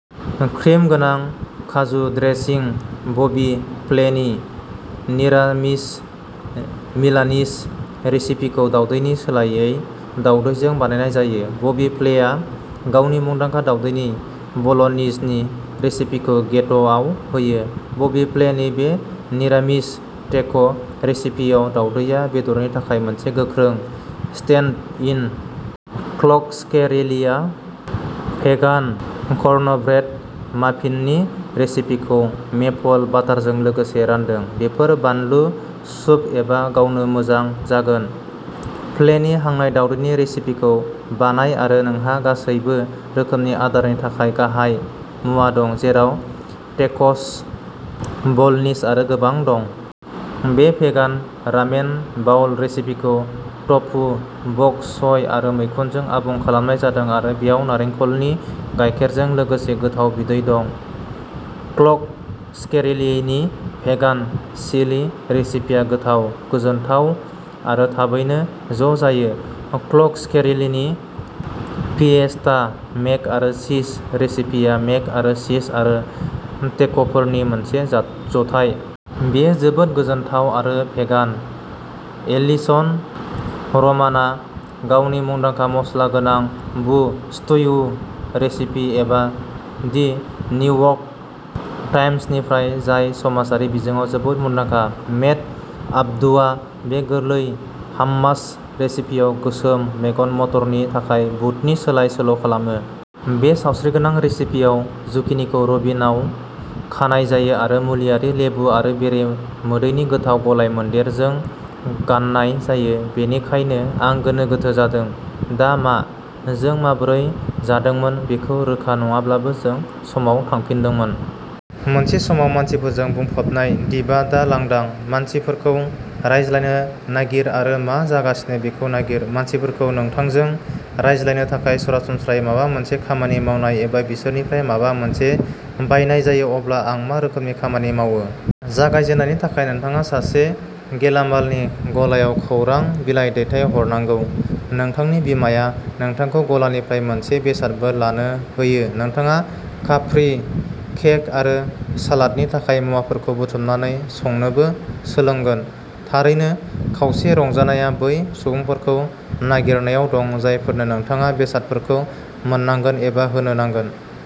Cream गोनां काजु dressing. बबि फ्लेनि निरामिस मिलानिज रेसिपिखौ दावदैनि सोलायै दावदैजों बानायनाय जायो। बबि फ्लेआ गावनि मुंदांखा दावदैनि बल'नीजनि रेसिपिखौ गेत'आव होयो। बबि फ्लेनि बे निरामिस टेक' रेसिपिआव, दावदैया बेदरनि थाखाय मोनसे गोख्रों स्टेन्ड इन। क्ल'कस्केरेलिआ भेगान कर्नब्रेड माफिननि रेसिपिखौ मेपल बाटारजों लोगोसे रानदों। बेफोर बानलु, सुप एबा गावनो मोजां जागोन। फ्लेनि हांनाय दावदैनि रेसिपिखौ बानाय आरो नोंहा गासैबो रोखोमनि आदारनि थाखाय गाहाय मुवा दं, जेराव टेक'स, बलनीज आरो गोबां दं। बे भेगान रामेन बाउल रेसिपिखौ टफु, बक च'य आरो मैखुनजों आबुं खालामनाय जादों आरो बेयाव नारेंखलनि गायखेरजों लोगोसे गोथाव बिदै दं। क्ल'कस्केरेलिनि भेगान चिलि रेसिपिया गोथाव, गोजोनथाव आरो थाबैनो ज' जायो। क्ल'कस्केरेलिनि फिएस्टा मेक आरो चीज रेसिपिया मेक आरो चीज आरो टेक'फोरनि मोनसे जथाय। बियो जोबोद गोजोनथाव आरो भेगान! एलिसन रमानआ गावनि मुंदांखा मस्ला गोनां बु स्ट्यु रेसिपि एबा दि निउयर्क टाइम्सनिफ्राय जाय समाजारि बिजोङाव जोबोद मुंदांखा। मेट आब्दुआ बे गोरलै हाम्मास रेसिपिआव गोसोम मेगन मटरनि थाखाय बुदनि सोलाय सोल' खालामो। बे सावस्रिगोनां रेसिपिआव, जुकिनिखौ रिबनआव खानाय जायो आरो मुलियारि, लेबु आरो बेरे मोदैनि गोथाव गलायमोन्देरजों गाननाय जायो। बेनिखायनो आं गोनो गोथो जादों, दा मा? जों माबोरै जादोंमोन बेखौ रोखा नङाब्लाबो, जों समाव थांफिनदोंमोन। मोनसे समाव मानसिफोरजों बुंफबनाय दिपआ दा लांदां। मानसिफोरखौ रायज्लायनो नागिर आरो मा जागासिनो बेखौ नागिर। मानसिफोरखौ नोंथांजों रायज्लायनो थाखाय सरासनस्रायै माबा मोनसे खामानि मावनाय एबा बिसोरनिफ्राय माबा मोनसे बायनाय जायो। अब्ला आं मा रोखोमनि खामानि मावो? जागायजेननायनि थाखाय नोंथाङा सासे गेलामालनि गलायाव खौरां बिलाइ दैथाय हरनांगौ। नोंथांनि बिमाया नोंथांखौ गलानिफ्राय मोनसे बेसादबो लानो होयो। नोंथाङा काप्रि केक आरो सालादनि थाखाय मुवाफोरखौ बुथुमनानै संनोबो सोलोंगोन! थारैनो, खावसे रंजानायआ बै सुबुंफोरखौ नागिरनायाव दं, जायफोरनो नोंथाङा बेसादफोरखौ मोननांगोन एबा होनो नांगोन।